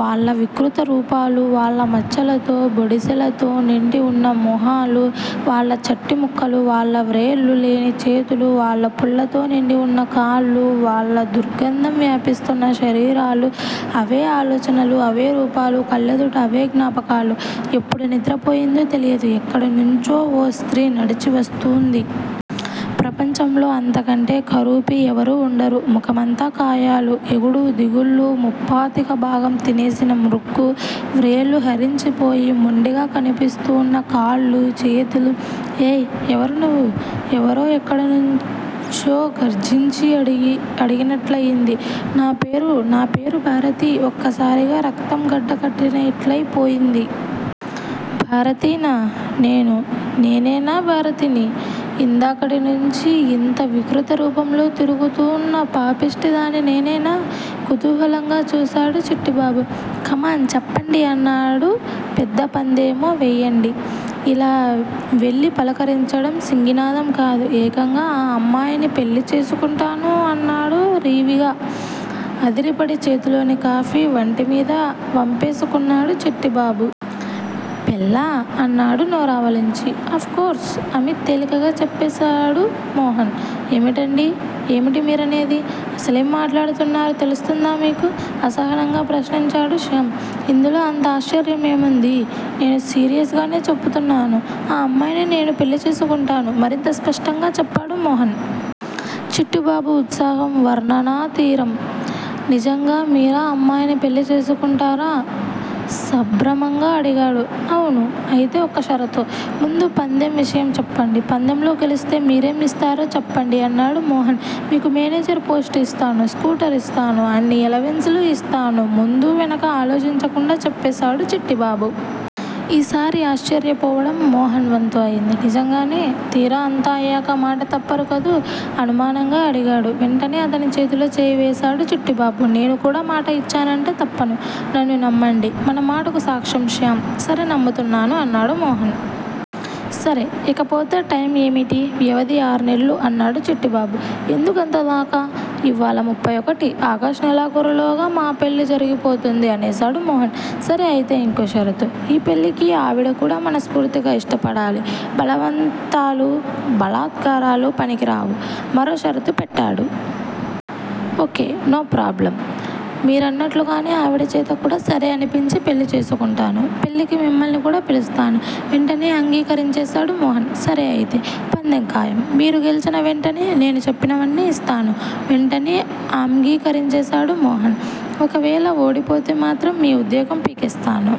వాళ్ళ వికృత రూపాలు వాళ్ళ మచ్చలతో, బొడిసెలతో నిండి వున్న మొహాలు, వాళ్ళ చట్టి ముక్కులు, వాళ్ళ వ్రేళ్ళు లేని చేతులు, వాళ్ళ పుళ్ళతో నిండివున్న కాళ్ళు, వాళ్ళ దుర్గంధం వ్యాపిస్తూన్న శరీరాలు! అవే ఆలోచనలు అవే రూపాలు కళ్ళెదుట అవే జ్ఞాపకాలు. ఎప్పుడు నిద్రపోయిందో తెలియదు ఎక్కడి నుంచో ఓ స్త్రీ నడిచి వస్తూంది. ప్రపంచంలో అంతకంటే కురూపి ఎవరూ ఉండరు. ముఖమంతా కాయలు ఎగుడు దిగుళ్ళు, ముప్పాతిక భాగం తినేసిన ముక్కు, వ్రేళ్ళు హరించిపోయి మొండిగా కనిపిస్తూన్న కాళ్ళూ, చేతులూ. ఏయ్, ఎవరు నువ్వు? ఎవరో ఎక్కడ నుంచో గర్జించి అడిగినట్లయింది. నా పేరు నా పేరూ భారతి. ఒక్కసారిగా రక్తం గడ్డకట్టినట్లయి పోయింది. భారతినా నేను? నేనేనా భారతిని? ఇందాకటినుంచీ ఇంత వికృతరూపంలో తిరుగుతూన్న పాపిష్టిదాన్ని నేనేనా? కుతూహలంగా చూసాడు చిట్టిబాబు. కమాన్ చెప్పండి అన్నాడు పెద్ద పందెమో వెయ్యండి. ఇలా వెళ్ళి పలకరించడం సింగినాదం కాదు. ఏకంగా ఆ అమ్మాయిని పెళ్ళిచేసుకుంటాను అన్నాడు రీవిగా. అదిరిపడి చేతిలోని కాఫీ వంటిమీద వంపేసుకున్నాడు చిట్టిబాబు. పెళ్ళా? అన్నాడు నోరావలించి. అఫ్ కోర్స్ అమిత్ తేలికగా చెప్పేసాడు మోహన్. ఏమిటండీ? ఏమిటి మీరనేది? అసలేం మాట్లాడుతున్నారు తెలుస్తుందా మీకు? అసహనంగా ప్రశ్నించాడు శ్యామ్. ఇందులో అంత ఆశ్చర్యం ఏముంది? నేను సీరియస్ గానే చెప్పుతున్నాను. ఆ అమ్మాయిని నేను పెళ్ళి చేసుకుంటాను. మరింత స్పష్టంగా చెప్పాడు మోహన్. చిట్టిబాబు ఉత్సాహం వర్ణనాతీతరం. నిజంగా మీరా అమ్మాయిని పెళ్ళి చేసుకుంటారా? సంభ్రమంగా అడిగాడు. అవును. అయితే ఒక్క షరతు. ముందు పందెం విషయం చెప్పండి పందెంలో గెలిస్తే మీరేం ఇస్తారో చెప్పండి అన్నాడు మోహన్. మీకు మేనేజర్ పోస్టు యిస్తాను. స్కూటర్ ఇస్తాను. అన్ని ఎలవెన్స్ లూ యిస్తాను ముందూ వెనకా ఆలోచించకుండా చెప్పేసాడు చిట్టిబాబు. ఈసారి ఆశ్చర్యపోవడం మోహన్ వంతు అయింది. నిజంగానే? తీరా అంతా అయ్యాక మాట తప్పరుకదూ! అనుమానంగా అడిగాడు. వెంటనే అతని చేతిలో చేయివేసాడు చిట్టిబాబు. నేను కూడ మాట ఇచ్చానంటే తప్పను. నన్ను నమ్మండి. మన మాటకు సాక్ష్యం శ్యామ్. సరే నమ్ముతున్నాను అన్నాడు మోహన్. సరే ఇకపోతే టైం ఏమిటి వ్యవధి ఆర్నెల్లు అన్నాడు చిట్టిబాబు. ఎందుకంతదాకా? ఇవ్వాళ ముఫై ఒకటి! ఆగస్ట్ నెలాఖరులోగ మా పెళ్ళి జరిగిపోతుంది అనేసాడు మోహన్. సరే అయితే ఇంకో షరతు. ఈ పెళ్ళికి ఆవిడ కూడా మనస్ఫూర్తిగా యిష్టపడాలి బలవంతాలూ, బాలాత్కారాలూ పనికిరావు మరో షరతు పెట్టాడు. ఓకే నో ప్రోబ్లమ్ మీరన్నట్లుగానే ఆవిడ చేత కూడ సరే అనిపించి పెళ్ళి చేసుకుంటాను. పెళ్ళికి మిమ్మల్ని కూడా పిలుస్తాను వెంటనే అంగీకరించేసాడు మోహన్. సరే అయితే. పందెం ఖాయం. మీరు గెల్చిన వెంటనే నేను చెప్పినవన్నీ యిస్తాను వెంటనే అమ్గీకరించేసాడు మోహన్. ఒకవేళ ఓడిపోతేమాత్రం మీ ఉద్యోగం పీకేస్తాను.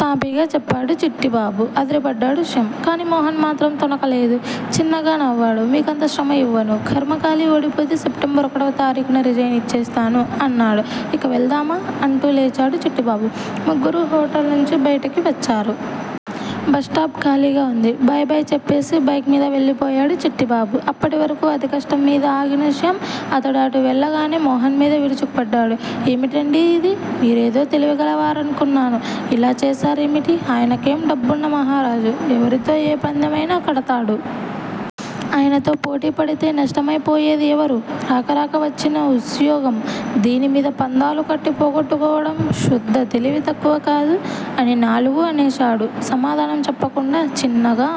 తాపీగా చెప్పాడు చిట్టిబాబు అదిరిపడ్డాడు శ్యామ్. కానీ మోహన్ మాత్రం తొణక లేదు. చిన్నగా నవ్వాడు. మీకంత శ్రమ యివ్వను. ఖర్మకాలి ఓడిపోతే సెప్టెంబర్ ఒకటవ తారీకున రిజైన్ యిచ్చేస్తాను ఆన్నాడు. ఇక వెళ్దామా? అంటూ లేచాడు చిట్టిబాబు. ముగ్గురూ హొటల్ నుంచి బయటికి వచ్చారు. బస్టాప్ ఖాళీగా వుంది. బై బై చెప్పేసి బైక్ మీద వెళ్ళిపోయాడు చిట్టిబాబు. అప్పటివరకూ అతికష్టంమీద ఆగిన శ్యామ్ అతడు అటు వెళ్ళగానే మోహన్ మీద విరుచుకుపడ్డాడు. ఏమిటండీ ఇది? మీరేదో తెలివిగలవారనుకున్నాను. ఇలా చేసారేమిటి? ఆయనకేం డబ్బున్న మహారాజు. ఎవరితో ఏ పందెం అయినా కడతాడు. ఆయనతో పోటీ పడితే నష్టమైపోయేది ఎవరు? రాక రాక వచ్చిన ఉస్యోగం. దీనిమీద పందాలు కట్టి పోగొట్టుకోవడం శుద్ధ తెలివి తక్కువ కాదూ అని నాలుగూ అనేసాడు. సమాధానం చెప్పకుండా చిన్నగా